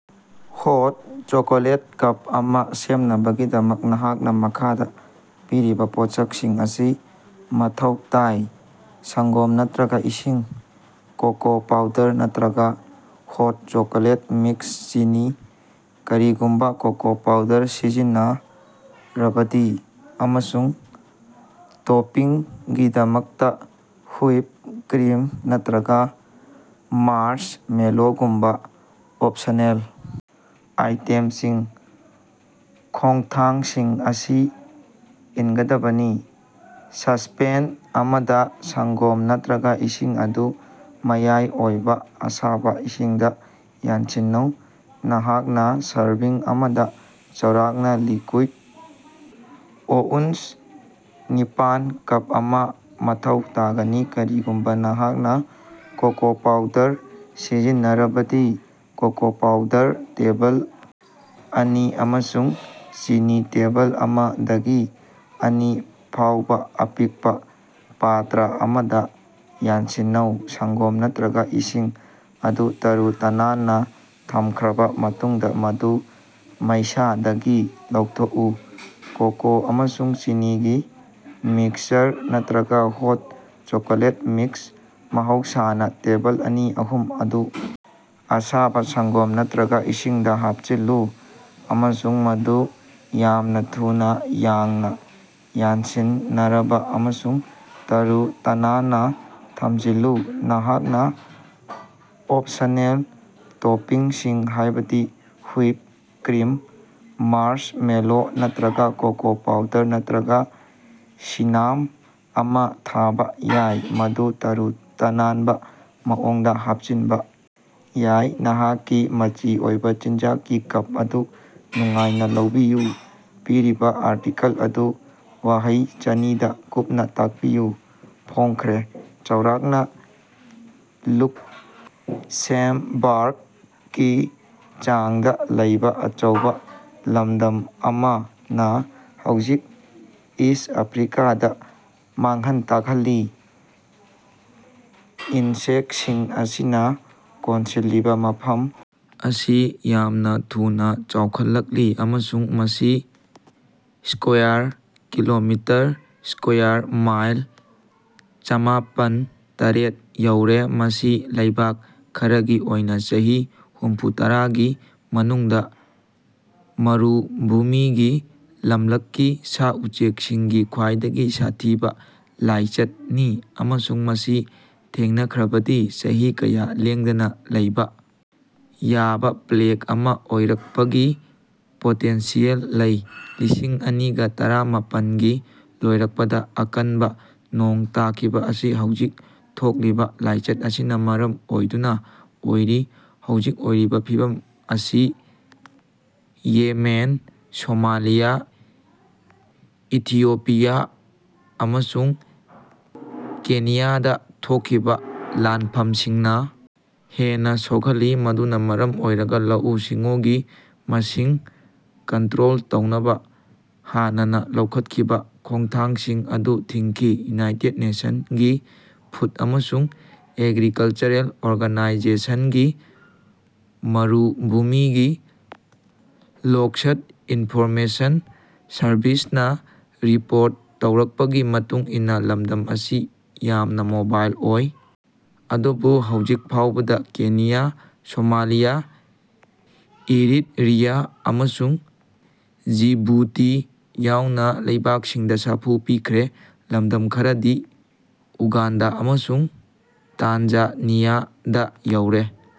ꯍꯣꯠ chocolate cup ꯑꯃ ꯁꯦꯝꯅꯕꯒꯤꯗꯃꯛ ꯅꯍꯥꯛꯅ ꯃꯈꯥꯗ ꯄꯤꯔꯤꯕ ꯄꯣꯠꯁꯛꯁꯤꯡ ꯑꯁꯤ ꯃꯊꯧ ꯇꯥꯏ: ꯁꯪꯒꯣꯝ ꯅꯠꯇ꯭ꯔꯒ ꯏꯁꯤꯡ, ꯀꯣꯀꯣ ꯄꯥꯎꯗꯔ ꯅꯠꯇ꯭ꯔꯒ ꯍꯣꯠ ꯆꯣꯀꯣꯂꯦꯠ ꯃꯤꯛꯁ, ꯆꯤꯅꯤ (ꯀꯔꯤꯒꯨꯝꯕ ꯀꯣꯀꯣ ꯄꯥꯎꯗꯔ ꯁꯤꯖꯤꯟꯅꯔꯕꯗꯤ), ꯑꯃꯁꯨꯡ ꯇꯣꯄꯤꯡꯒꯤꯗꯃꯛꯇ ꯍꯨꯏꯞ ꯀ꯭ꯔꯤꯝ ꯅꯠꯇ꯭ꯔꯒ ꯃꯥꯔꯁꯃꯦꯂꯣꯒꯨꯝꯕ ꯑꯣꯞꯁꯅꯦꯜ ꯑꯥꯏꯇꯦꯝꯁꯤꯡ꯫ ꯈꯣꯡꯊꯥꯡꯁꯤꯡ ꯑꯁꯤ ꯏꯟꯒꯗꯕꯅꯤ: ꯁꯁꯄꯦꯟ ꯑꯃꯗ ꯁꯪꯒꯣꯝ ꯅꯠꯇ꯭ꯔꯒ ꯏꯁꯤꯡ ꯑꯗꯨ ꯃꯌꯥꯏ ꯑꯣꯏꯕ ꯑꯁꯥꯕ ꯏꯁꯤꯡꯗ ꯌꯥꯟꯁꯤꯟꯅꯧ꯫ ꯅꯍꯥꯛꯅ ꯁꯔꯚꯤꯡ ꯑꯃꯗ ꯆꯥꯎꯔꯥꯛꯅ ꯂꯤꯀ꯭ꯌꯨꯏꯗ ꯑꯣꯎꯟꯁ ꯅꯤꯄꯥꯟ(ꯀꯞ ꯑꯃ) ꯃꯊꯧ ꯇꯥꯒꯅꯤ꯫ ꯀꯔꯤꯒꯨꯝꯕ ꯅꯍꯥꯛꯅ ꯀꯣꯀꯣ ꯄꯥꯎꯗꯔ ꯁꯤꯖꯤꯟꯅꯔꯕꯗꯤ, ꯀꯣꯀꯣ ꯄꯥꯎꯗꯔ ꯇꯦꯕꯜ ꯑꯅꯤ ꯑꯃꯁꯨꯡ ꯆꯤꯅꯤ ꯇꯦꯕꯜ ꯑꯃꯗꯒꯤ ꯑꯅꯤ ꯐꯥꯎꯕ ꯑꯄꯤꯛꯄ ꯄꯥꯇ꯭ꯔ ꯑꯃꯗ ꯌꯥꯟꯁꯤꯟꯅꯧ꯫ ꯁꯪꯒꯣꯝ ꯅꯠꯇ꯭ꯔꯒ ꯏꯁꯤꯡ ꯑꯗꯨ ꯇꯔꯨ-ꯇꯅꯥꯟꯅ ꯊꯝꯈ꯭ꯔꯕ ꯃꯇꯨꯡꯗ ꯃꯗꯨ ꯃꯩꯁꯥꯗꯒꯤ ꯂꯧꯊꯣꯛꯎ꯫ ꯀꯣꯀꯣ ꯑꯃꯁꯨꯡ ꯆꯤꯅꯤꯒꯤ ꯃꯤꯛꯁꯆꯔ, ꯅꯠꯇ꯭ꯔꯒ ꯍꯣꯠ ꯆꯣꯀꯣꯂꯦꯠ ꯃꯤꯛꯁ (ꯃꯍꯧꯁꯥꯅꯥ ꯇꯦꯕꯜ ꯑꯅꯤ-ꯑꯍꯨꯝ) ꯑꯗꯨ ꯑꯁꯥꯕ ꯁꯪꯒꯣꯝ ꯅꯠꯇ꯭ꯔꯒ ꯏꯁꯤꯡꯗ ꯍꯥꯞꯆꯤꯜꯂꯨ ꯑꯃꯁꯨꯡ ꯃꯗꯨ ꯌꯥꯝꯅ ꯊꯨꯅ ꯌꯥꯡꯅ ꯌꯥꯟꯁꯤꯟꯅꯔꯕ ꯑꯃꯁꯨꯡ ꯇꯔꯨ-ꯇꯅꯥꯟꯅ ꯊꯝꯖꯤꯜꯂꯨ꯫ ꯅꯍꯥꯛꯅ ꯑꯣꯞꯁꯅꯦꯜ ꯇꯣꯄꯤꯡꯁꯤꯡ ꯍꯥꯏꯕꯗꯤ ꯍꯨꯏꯞ ꯀ꯭ꯔꯤꯝ, ꯃꯥꯔꯁꯃꯦꯂꯣ ꯅꯠꯇ꯭ꯔꯒ ꯀꯣꯀꯣ ꯄꯥꯎꯗꯔ ꯅꯠꯇ꯭ꯔꯒ ꯁꯤꯅꯥꯝ ꯑꯃ ꯊꯥꯕ ꯌꯥꯏ, ꯃꯗꯨ ꯇꯔꯨ-ꯇꯅꯥꯟꯕ ꯃꯑꯣꯡꯗ ꯍꯥꯞꯆꯤꯟꯕ ꯌꯥꯏ꯫ ꯅꯍꯥꯛꯀꯤ ꯃꯆꯤ ꯑꯣꯏꯕ ꯆꯤꯟꯖꯥꯛꯀꯤ ꯀꯞ ꯑꯗꯨ ꯅꯨꯡꯉꯥꯏꯅ ꯂꯧꯕꯤꯌꯨ꯫ ꯄꯤꯔꯤꯕ ꯑꯥꯔꯇꯤꯀꯜ ꯑꯗꯨ ꯋꯥꯍꯩ ꯆꯅꯤꯗ ꯀꯨꯞꯅ ꯇꯥꯛꯄꯤꯌꯨ꯫ ꯐꯣꯡꯈ꯭ꯔꯦ꯫ ꯆꯥꯎꯔꯥꯛꯅ ꯂꯨꯛꯁꯦꯝꯕꯥꯔꯒꯀꯤ ꯆꯥꯡꯗ ꯂꯩꯕ ꯑꯆꯧꯕ ꯂꯝꯗꯝ ꯑꯃꯅ ꯍꯧꯖꯤꯛ ꯏꯁ꯭ꯠ ꯑꯥꯐ꯭ꯔꯤꯀꯥꯗ ꯃꯥꯡꯍꯟ ꯇꯥꯛꯍꯜꯂꯤ꯫ ꯏꯟꯁꯦꯛꯇꯁꯤꯡ ꯑꯁꯤꯅ ꯀꯣꯟꯁꯤꯜꯂꯤꯕ ꯃꯐꯝ ꯑꯁꯤ ꯌꯥꯝꯅ ꯊꯨꯅ ꯆꯥꯎꯈꯠꯂꯛꯂꯤ ꯑꯃꯁꯨꯡ ꯃꯁꯤ ꯁꯛꯕ꯭ꯌꯥꯔ ꯀꯤꯂꯣꯃꯤꯇꯔ (ꯁꯛꯕ꯭ꯌꯥꯔ ꯃꯥꯏꯜ ꯆꯃꯥꯄꯟ ꯇꯔꯦꯠ) ꯌꯧꯔꯦ꯫ ꯃꯁꯤ ꯂꯩꯕꯛ ꯈꯔꯒꯤ ꯑꯣꯏꯅ ꯆꯍꯤ ꯍꯨꯝꯐꯨꯇꯔꯥꯒꯤ ꯃꯅꯨꯡꯗ ꯃꯔꯨꯚꯨꯃꯤꯒꯤ ꯂꯝꯂꯛꯀꯤ ꯁꯥ-ꯎꯆꯦꯛꯁꯤꯡꯒꯤ ꯈ꯭ꯋꯥꯏꯗꯒꯤ ꯁꯥꯊꯤꯕ ꯂꯥꯏꯆꯠꯅꯤ ꯑꯃꯁꯨꯡ ꯃꯁꯤ ꯊꯦꯡꯅꯈ꯭ꯔꯕꯗꯤ ꯆꯍꯤ ꯀꯌꯥ ꯂꯦꯡꯗꯅ ꯂꯩꯕ ꯌꯥꯕ ꯄ꯭ꯂꯦꯒ ꯑꯃ ꯑꯣꯏꯔꯛꯄꯒꯤ ꯄꯣꯇꯦꯟꯁꯤꯌꯦꯜ ꯂꯩ꯫ ꯂꯤꯁꯤꯡ ꯑꯅꯤꯒ ꯇꯔꯥꯃꯥꯄꯟ ꯒꯤ ꯂꯣꯏꯔꯛꯄꯗ ꯑꯀꯟꯕ ꯅꯣꯡ ꯇꯥꯈꯤꯕ ꯑꯁꯤ ꯍꯧꯖꯤꯛ ꯊꯣꯛꯂꯤꯕ ꯂꯥꯏꯆꯠ ꯑꯁꯤꯅ ꯃꯔꯝ ꯑꯣꯏꯗꯨꯅ ꯑꯣꯏꯔꯤ꯫ ꯍꯧꯖꯤꯛ ꯑꯣꯏꯔꯤꯕ ꯐꯤꯚꯝ ꯑꯁꯤ ꯌꯦꯃꯦꯟ, ꯁꯣꯃꯥꯂꯤꯌꯥ, ꯏꯊꯤꯑꯣꯄꯤꯌꯥ ꯑꯃꯁꯨꯡ ꯀꯦꯅꯤꯌꯥꯗ ꯊꯣꯛꯈꯤꯕ ꯂꯥꯟꯐꯝꯁꯤꯡꯅ ꯍꯦꯟꯅ ꯁꯣꯛꯍꯜꯂꯦ ꯃꯗꯨꯅ ꯃꯔꯝ ꯑꯣꯏꯔꯒ ꯂꯧꯎ-ꯁꯤꯡꯎꯒꯤ ꯃꯤꯁꯤꯡ ꯀꯟꯇ꯭ꯔꯣꯜ ꯇꯧꯅꯕ ꯍꯥꯟꯅꯅ ꯂꯧꯈꯠꯈꯤꯕ ꯈꯣꯡꯊꯥꯡꯁꯤꯡ ꯑꯗꯨ ꯊꯤꯡꯈꯤ꯫ ꯌꯨꯅꯥꯏꯇꯦꯗ ꯅꯦꯁꯟꯒꯤ ꯐꯨꯗ ꯑꯃꯁꯨꯡ ꯑꯦꯒ꯭ꯔꯤꯀꯜꯆꯔꯦꯜ ꯑꯣꯔꯒꯅꯥꯏꯖꯦꯁꯟꯒꯤ ꯃꯔꯨꯚꯨꯃꯤꯒꯤ ꯂꯣꯛꯁ꯭ꯠ ꯏꯟꯐꯣꯔꯃꯦꯁꯟ ꯁꯔꯚꯤꯁꯅ ꯔꯤꯄꯣꯔꯠ ꯇꯧꯔꯛꯄꯒꯤ ꯃꯇꯨꯡ ꯏꯟꯅ ꯂꯝꯗꯝ ꯑꯁꯤ ꯌꯥꯝꯅ ꯃꯣꯕꯥꯏꯜ ꯑꯣꯏ ꯑꯗꯨꯕꯨ ꯍꯧꯖꯤꯛ ꯐꯥꯎꯕꯗ ꯀꯦꯅꯤꯌꯥ, ꯁꯣꯃꯥꯂꯤꯌꯥ, ꯏꯔꯤꯠꯔꯤꯌꯥ ꯑꯃꯁꯨꯡ ꯖꯤꯕꯨꯇꯤ ꯌꯥꯎꯅ ꯂꯩꯕꯥꯛꯁꯤꯡꯗ ꯁꯥꯐꯨ ꯄꯤꯈ꯭ꯔꯦ꯫ ꯂꯃꯗꯝ ꯈꯔꯗꯤ ꯎꯒꯥꯟꯗꯥ ꯑꯃꯁꯨꯡ ꯇꯥꯟꯖꯥꯅꯤꯌꯥꯗꯥ ꯌꯧꯔꯦ꯫